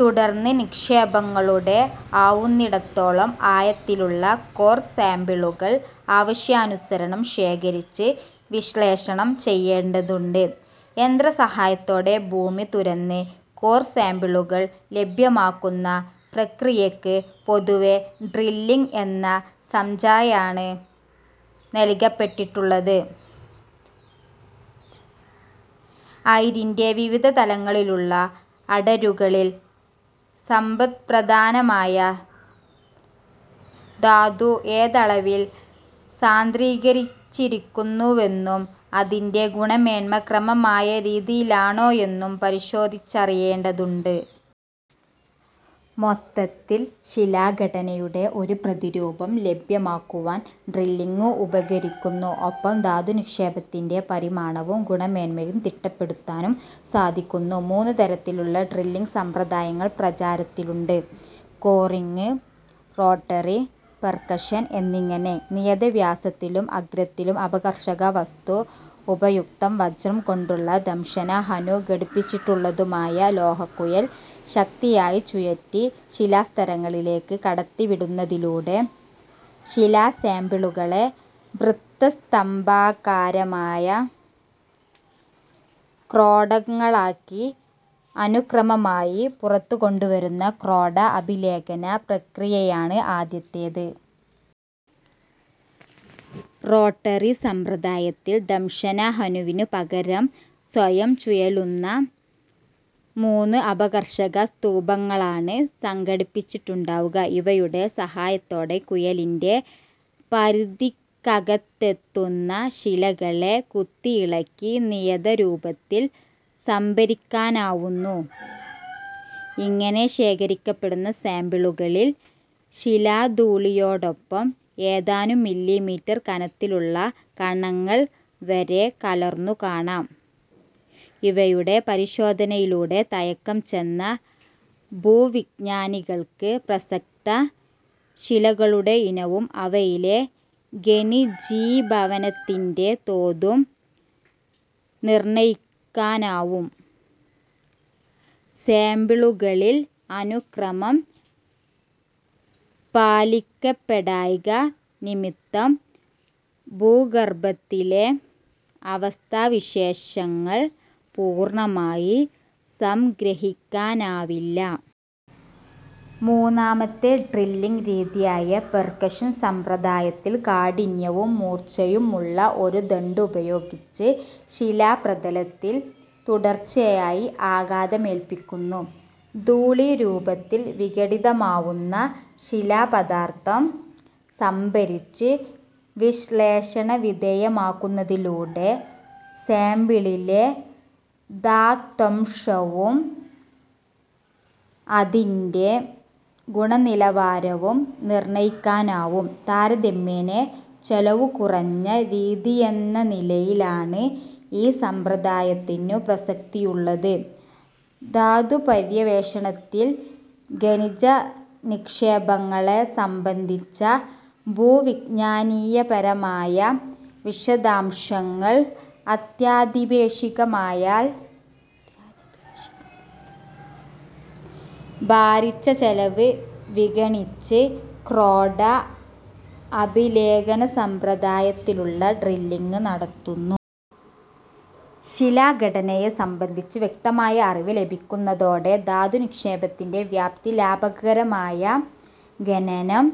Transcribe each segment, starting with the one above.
തുടർന്ന് നിക്ഷേപങ്ങളുടെ ആവുന്നിടത്തോളം ആഴത്തിലുള്ള കോർ സാമ്പിളുകൾ ആവശ്യാനുസരണം ശേഖരിച്ച് വിശ്ലേഷണം ചെയ്യേണ്ടതുണ്ട്. യന്ത്രസഹായത്തോടെ ഭൂമി തുരന്ന് കോർ സാമ്പിളുകൾ ലഭ്യമാക്കുന്ന പ്രക്രിയയ്ക്ക് പൊതുവേ ഡ്രില്ലിങ് എന്ന സംജ്ഞയാണ് നല്കപ്പെട്ടിട്ടുള്ളത്. അയിരിന്റെ വിവിധ തലങ്ങളിലുള്ള അടരുകളിൽ സമ്പദ്പ്രധാനമായ ധാതു ഏതളവിൽ സാന്ദ്രീകരിച്ചിരിക്കുന്നുവെന്നും അതിന്റെ ഗുണമേന്മ ക്രമമായ രീതിയിലാണോ എന്നും പരിശോധിച്ചറിയേണ്ടതുണ്ട്. മൊത്തത്തിൽ ശിലാഘടനയുടെ ഒരു പ്രതിരൂപം ലഭ്യമാക്കുവാൻ ഡ്രില്ലിങ് ഉപകരിക്കുന്നു. ഒപ്പം ധാതുനിക്ഷേപത്തിന്റെ പരിമാണവും ഗുണമേന്മയും തിട്ടപ്പെടുത്താനും സാധിക്കുന്നു. മൂന്നുതരത്തിലുള്ള ഡ്രില്ലിങ് സമ്പ്രദായങ്ങൾ പ്രചാരത്തിലുണ്ട്: കോറിങ്, റോട്ടറി, പെർക്കഷൻ എന്നിങ്ങനെ. നിയത വ്യാസത്തിലും അഗ്രത്തിൽ അപഘർഷക വസ്തു ഉപയുക്തം വജ്രം കൊണ്ടുള്ള ദംശന-ഹനു ഘടിപ്പിച്ചിട്ടുള്ളതുമായ ലോഹക്കുഴൽ ശക്തിയായി ചുഴറ്റി ശിലാസ്തരങ്ങളിലേക്ക് കടത്തിവിടുന്നതിലൂടെ ശിലാസാമ്പിളുകളെ വൃത്തസ്തംഭാകാരമായ ക്രോഡങ്ങളാക്കി അനുക്രമമായി പുറത്തുകൊണ്ടുവരുന്ന 'ക്രോഡ-അഭിലേഖന' പ്രക്രിയയാണ് ആദ്യത്തേത്. റോട്ടറി സമ്പ്രദായത്തിൽ ദംശനഹനുവിനു പകരം സ്വയം ചുഴലുന്ന മൂന്ന് അപഘർഷക-സ്തൂപങ്ങളാണ് ഘടിപ്പിച്ചിട്ടുണ്ടാവുക. ഇവയുടെ സഹായത്തോടെ കുഴലിന്റെ പരിധിക്കകത്തെത്തുന്ന ശിലകളെ കുത്തിയിളക്കി നിയത രൂപത്തിൽ സംഭരിക്കാനാവുന്നു; ഇങ്ങനെ ശേഖരിക്കപ്പെടുന്ന സാമ്പിളുകളിൽ ശിലാധൂളിയോടൊപ്പം ഏതാനും മി. മീ. കനത്തിലുള്ള കണങ്ങൾ വരെ കലർന്നു കാണാം. ഇവയുടെ പരിശോധനയിലൂടെ തഴക്കംചെന്ന ഭൂവിജ്ഞാനികൾക്ക് പ്രസക്ത ശിലകളുടെഇനവും അവയിലെ ഖനിജീഭവനത്തിന്റെ തോതും നിർണയിക്കാനാവും; സാമ്പിളുകളിൽ അനുക്രമം പാലിക്കപ്പെടായ്ക നിമിത്തം ഭൂഗർഭത്തിലെ അവസ്ഥാവിശേഷങ്ങൾ പൂർണമായി സംഗ്രഹിക്കാനാവില്ല. മൂന്നാമത്തെ ഡ്രില്ലിങ് രീതിയായ പെർക്കഷൻ സമ്പ്രദായത്തിൽ കാഠിന്യവും മൂർച്ചയും ഉള്ള ഒരു ദണ്ഡുപയോഗിച്ച് ശിലാപ്രതലത്തിൽ തുടർച്ചയായി ആഘാതമേല്പിക്കുന്നു; ധൂളീരൂപത്തിൽ വിഘടിതമാവുന്ന ശിലാപദാർഥം സംഭരിച്ച് വിശ്ളേഷണവിധേയമാക്കുന്നതിലൂടെ സാമ്പിളിലെ ധാത്വംശവും അതിന്റെ ഗുണനിലവാരവും നിർണയിക്കാനാവും. താരതമ്യേന ചെലവുകുറഞ്ഞ രീതിയെന്നനിലയിലാണ് ഈ സമ്പ്രദായത്തിനു പ്രസക്തിയുള്ളത്. ധാതുപര്യവേക്ഷണത്തിൽ ഖനിജ നിക്ഷേപങ്ങളെ സംബന്ധിച്ച ഭൂവിജ്ഞാനീയപരമായ വിശദാംശങ്ങൾ അത്യന്താപേക്ഷിതമാകയാൽ ഭാരിച്ച ചെലവ് വിഗണിച്ച് ക്രോഡ-അഭിലേഖനസമ്പ്രദായത്തിലുള്ള ഡ്രില്ലിങ് നടത്തുന്നു. ശിലാഘടനയെ സംബന്ധിച്ച് വ്യക്തമായ അറിവ് ലഭിക്കുന്നതോടെ ധാതുനിക്ഷേപത്തിന്റെ വ്യാപ്തി ലാഭകരമായ ഖനനം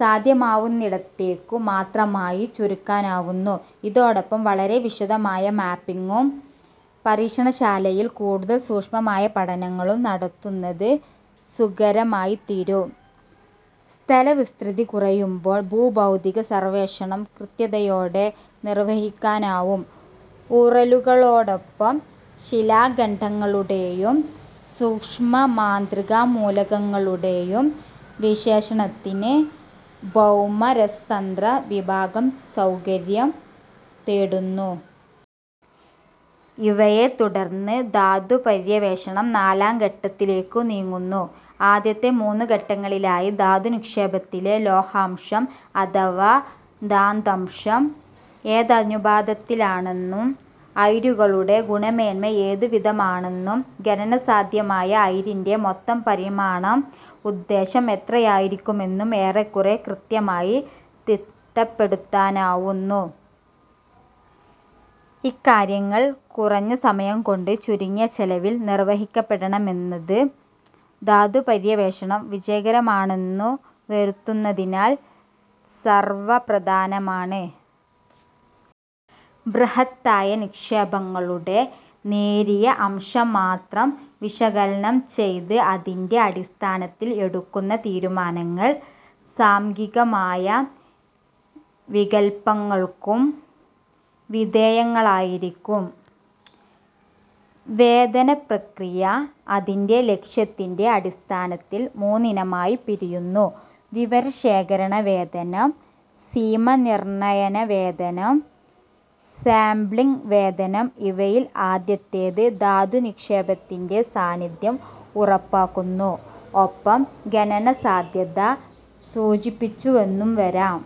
സാധ്യമാവുന്നിടത്തേക്കു മാത്രമായി ചുരുക്കാനാവുന്നു. ഇതോടൊപ്പം വളരെ വിശദമായ മാപ്പിങ്ങും പരീക്ഷണശാലയിൽ കൂടുതൽ സൂക്ഷ്മമായ പഠനങ്ങളും നടത്തുന്നത് സുകരമായിത്തീരും. സ്ഥലവിസ്തൃതി കുറയുമ്പോൾ ഭൂഭൌതിക സർവേഷണം കൃത്യതയോടെ നിർവഹിക്കാനാവും. ഊറലുകളോടൊപ്പം ശിലാഖണ്ഡങ്ങളുടെയും സൂക്ഷ്മമാത്രികാമൂലകങ്ങളുടെയും വിശ്ലേഷണത്തിന് ഭൗമ രസതന്ത്ര വിഭാഗം സൗകര്യം തേടുന്നു. ഇവയെത്തുടർന്ന് ധാതുപര്യവേഷണം നാലാം ഘട്ടത്തിലേക്കു നീങ്ങുന്നു. ആദ്യത്തെ മൂന്നുഘട്ടങ്ങളിലായി ധാതുനിക്ഷേപത്തിലെ ലോഹാംശം അഥവാ ധാത്വംശം ഏതനുപാതത്തിലാണെന്നും അയിരുകളുടെ ഗുണമേന്മ ഏതു വിധമാണെന്നും, ഖനന സാധ്യമായ അയിരിന്റെ മൊത്തം പരിമാണം ഉദ്ദേശം എത്രയായിരിക്കുമെന്നും ഏറെക്കുറെ കൃത്യമായി തിട്ടപ്പെടുത്താനാവുന്നു. ഇക്കാര്യങ്ങൾ കുറഞ്ഞ സമയംകൊണ്ട്, ചുരുങ്ങിയ ചെലവിൽ നിർവഹിക്കപ്പെടണമെന്നത്, ധാതുപര്യവേഷണം വിജയകരമാണെന്നു വരുത്തുന്നതിൽ സർവപ്രധാനമാണ്. ബൃഹത്തായ നിക്ഷേപങ്ങളുടെ നേരിയ അംശം മാത്രം വിശകലനം ചെയ്ത് അതിന്റെ അടിസ്ഥാനത്തിൽ എടുക്കുന്ന തീരുമാനങ്ങൾ സാംഖ്യികമായ വികല്പങ്ങൾക്കു വിധേയങ്ങളായിരിക്കും. വേധന പ്രക്രിയ, അതിന്റെ ലക്ഷ്യത്തിന്റെ അടിസ്ഥാനത്തിൽ മൂന്നിനമായി പിരിയുന്നു: വിവരശേഖരണ വേധനം; സീമാനിർണയന വേധനം; സാമ്പ്ളിങ് വേധനം. ഇവയിൽ ആദ്യത്തേത് ധാതുനിക്ഷേപത്തിന്റെ സാന്നിധ്യം ഉറപ്പാക്കുന്നു; ഒപ്പം ഖനനസാധ്യത സൂചിപ്പിച്ചുവെന്നുംവരാം.